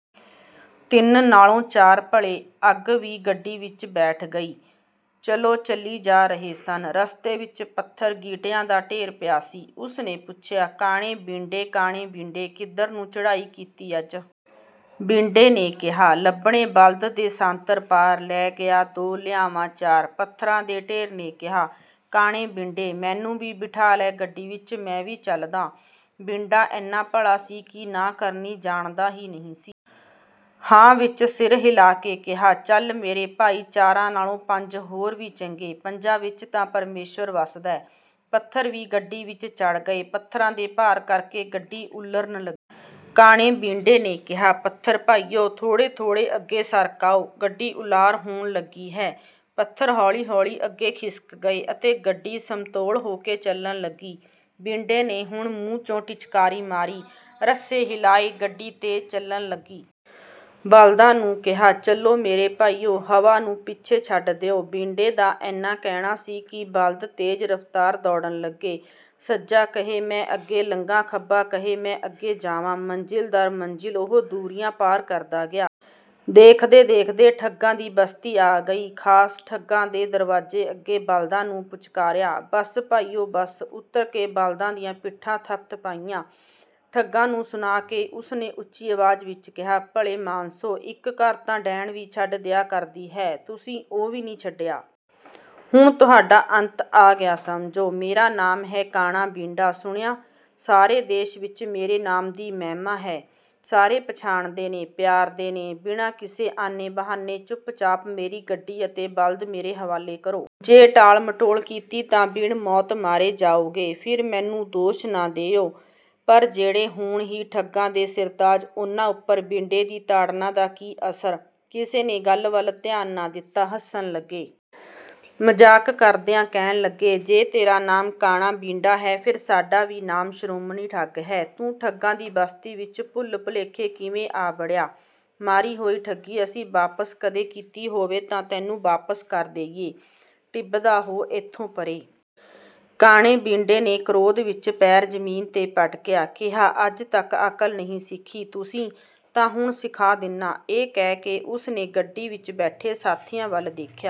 "ਤਿੰਨ ਨਾਲੋਂ ਚਾਰ ਭਲੇ," ਅੱਗ ਵੀ ਗੱਡੀ ਵਿੱਚ ਬੈਠ ਗਈ। ਚਲੋ-ਚਲੀ ਜਾ ਰਹੇ ਸਨ, ਰਸਤੇ ਵਿੱਚ ਪੱਥਰ-ਗੀਟਿਆਂ ਦਾ ਢੇਰ ਪਿਆ ਸੀ। ਉਸ ਨੇ ਪੁੱਛਿਆ, "ਕਾਣੇ ਬੀਂਡੇ, ਕਾਣੇ ਬੀਂਡੇ! ਕਿੱਧਰ ਨੂੰ ਚੜ੍ਹਾਈ ਕੀਤੀ ਅੱਜ?" ਬੀਂਡੇ ਨੇ ਕਿਹਾ, "ਲੱਭਣੇ ਬਲਦ ਦੇਸਾਂਤਰ ਪਾਰ। ਲੈ ਗਿਆ ਦੋ, ਲਿਆਵਾਂ ਚਾਰ॥" ਪੱਥਰਾਂ ਦੇ ਢੇਰ ਨੇ ਕਿਹਾ, "ਕਾਣੇ ਬੀਂਡੇ, ਮੈਨੂੰ ਵੀ ਬਿਠਾ ਲੈ ਗੱਡੀ ਵਿੱਚ, ਮੈਂ ਵੀ ਚੱਲਦਾਂ!" ਬੀਂਡਾ ਇੰਨਾ ਭਲਾ ਸੀ ਕਿ ਨਾਂਹ ਕਰਨੀ ਜਾਣਦਾ ਹੀ ਨਹੀਂ ਸੀ। ਹਾਂ ਵਿੱਚ ਸਿਰ ਹਿਲਾ ਕੇ ਕਿਹਾ, "ਚੱਲ ਮੇਰੇ ਭਾਈ, ਚਾਰਾਂ ਨਾਲੋਂ ਪੰਜ ਹੋਰ ਵੀ ਚੰਗੇ। ਪੰਜਾਂ ਵਿੱਚ ਤਾਂ ਪਰਮੇਸ਼ਰ ਵਸਦੈ।" ਪੱਥਰ ਵੀ ਗੱਡੀ ਵਿੱਚ ਚੜ੍ਹ ਗਏ। ਪੱਥਰਾਂ ਦੇ ਭਾਰ ਕਰਕੇ ਗੱਡੀ ਉਲਰਨ ਲੱਗੀ। ਕਾਣੇ ਬੀਂਡੇ ਨੇ ਕਿਹਾ, "ਪੱਥਰ ਭਾਈਓ, ਥੋੜ੍ਹੇ-ਥੋੜ੍ਹੇ ਅੱਗੇ ਸਰਕ ਆਓ, ਗੱਡੀ ਉਲਾਰ ਹੋਣ ਲੱਗੀ ਹੈ।" ਪੱਥਰ ਹੌਲੀ-ਹੌਲੀ ਅੱਗੇ ਖਿਸਕ ਗਏ ਅਤੇ ਗੱਡੀ ਸਮਤੋਲ ਹੋ ਕੇ ਚੱਲਣ ਲੱਗੀ। ਬੀਂਡੇ ਨੇ ਹੁਣ ਮੂੰਹ 'ਚੋਂ ਟਚਕਾਰੀ ਮਾਰੀ, ਰੱਸੇ ਹਿਲਾਏ, ਗੱਡੀ ਤੇਜ਼ ਚੱਲਣ ਲੱਗੀ। ਬਲਦਾਂ ਨੂੰ ਕਿਹਾ, "ਚਲੋ ਮੇਰੇ ਭਾਈਓ, ਹਵਾ ਨੂੰ ਪਿੱਛੇ ਛੱਡ ਦਿਓ!" ਬੀਂਡੇ ਦਾ ਇੰਨਾ ਕਹਿਣਾ ਸੀ ਕਿ ਬਲਦ ਤੇਜ਼ ਰਫ਼ਤਾਰ ਦੌੜਨ ਲੱਗੇ—ਸੱਜਾ ਕਹੇ 'ਮੈਂ ਅੱਗੇ ਲੰਘਾਂ', ਖੱਬਾ ਕਹੇ 'ਮੈਂ ਅੱਗੇ ਜਾਵਾਂ'। ਮੰਜ਼ਿਲ ਦਰ ਮੰਜ਼ਿਲ ਉਹ ਦੂਰੀਆਂ ਪਾਰ ਕਰਦਾ ਗਿਆ। ਦੇਖਦੇ-ਦੇਖਦੇ ਠੱਗਾਂ ਦੀ ਬਸਤੀ ਆ ਗਈ। ਖ਼ਾਸ ਠੱਗਾਂ ਦੇ ਦਰਵਾਜ਼ੇ ਅੱਗੇ ਬਲਦਾਂ ਨੂੰ ਪੁਚਕਾਰਿਆ, "ਬੱਸ ਭਾਈਓ, ਬੱਸ।" ਉੱਤਰ ਕੇ ਬਲਦਾਂ ਦੀਆਂ ਪਿੱਠਾਂ ਥਪਥਪਾਈਆਂ। ਠੱਗਾਂ ਨੂੰ ਸੁਣਾ ਕੇ ਉਸ ਨੇ ਉੱਚੀ ਆਵਾਜ਼ ਵਿੱਚ ਕਿਹਾ, "ਭਲੇ ਮਾਣਸੋ, ਇੱਕ ਘਰ ਤਾਂ ਡੈਣ ਵੀ ਛੱਡ ਦਿਆ ਕਰਦੀ ਹੈ, ਤੁਸੀਂ ਉਹ ਵੀ ਨਹੀਂ ਛੱਡਿਆ! ਹੁਣ ਤੁਹਾਡਾ ਅੰਤ ਆ ਗਿਆ ਸਮਝੋ। ਮੇਰਾ ਨਾਮ ਹੈ ਕਾਣਾ ਬੀਂਡਾ, ਸੁਣਿਆ? ਸਾਰੇ ਦੇਸ ਵਿੱਚ ਮੇਰੇ ਨਾਮ ਦੀ ਮਹਿਮਾ ਹੈ, ਸਾਰੇ ਪਛਾਣਦੇ ਨੇ, ਪਿਆਰਦੇ ਨੇ। ਬਿਨਾਂ ਕਿਸੇ ਆਨੇ-ਬਹਾਨੇ, ਚੁੱਪ-ਚਾਪ ਮੇਰੀ ਗੱਡੀ ਅਤੇ ਬਲਦ ਮੇਰੇ ਹਵਾਲੇ ਕਰੋ। ਜੇ ਟਾਲਮਟੋਲ ਕੀਤੀ ਤਾਂ ਬਿਨ ਮੌਤ ਮਾਰੇ ਜਾਓਗੇ, ਫਿਰ ਮੈਨੂੰ ਦੋਸ਼ ਨਾ ਦੇਇਓ!" ਪਰ ਜਿਹੜੇ ਹੋਣ ਹੀ ਠੱਗਾਂ ਦੇ ਸਿਰਤਾਜ, ਉਹਨਾਂ ਉੱਪਰ ਬੀਂਡੇ ਦੀ ਤਾੜਨਾ ਦਾ ਕੀ ਅਸਰ? ਕਿਸੇ ਨੇ ਗੱਲ ਵੱਲ ਧਿਆਨ ਨਾ ਦਿੱਤਾ, ਹੱਸਣ ਲੱਗੇ। ਮਜ਼ਾਕ ਕਰਦਿਆਂ ਕਹਿਣ ਲੱਗੇ, "ਜੇ ਤੇਰਾ ਨਾਮ ਕਾਣਾ ਬੀਂਡਾ ਹੈ, ਫਿਰ ਸਾਡਾ ਵੀ ਨਾਮ ਸ਼੍ਰੋਮਣੀ ਠੱਗ ਹੈ! ਤੂੰ ਠੱਗਾਂ ਦੀ ਬਸਤੀ ਵਿੱਚ ਭੁੱਲ-ਭੁਲੇਖੇ ਕਿਵੇਂ ਆ ਵੜਿਆ? ਮਾਰੀ ਹੋਈ ਠੱਗੀ ਅਸੀਂ ਵਾਪਸ ਕਦੇ ਕੀਤੀ ਹੋਵੇ ਤਾਂ ਤੈਨੂੰ ਵਾਪਸ ਕਰ ਦੇਈਏ, ਟਿਭਦਾ ਹੋ ਇੱਥੋਂ ਪਰ੍ਹੇ!" ਕਾਣੇ ਬੀਂਡੇ ਨੇ ਕ੍ਰੋਧ ਵਿੱਚ ਪੈਰ ਜ਼ਮੀਨ 'ਤੇ ਪਟਕਿਆ, ਕਿਹਾ, "ਅੱਜ ਤੱਕ ਅਕਲ ਨਹੀਂ ਸਿੱਖੀ ਤੁਸੀਂ ਤਾਂ ਹੁਣ ਸਿਖਾ ਦਿੰਨਾ।" ਇਹ ਕਹਿ ਕੇ ਉਸ ਨੇ ਗੱਡੀ ਵਿੱਚ ਬੈਠੇ ਸਾਥੀਆਂ ਵੱਲ ਦੇਖਿਆ।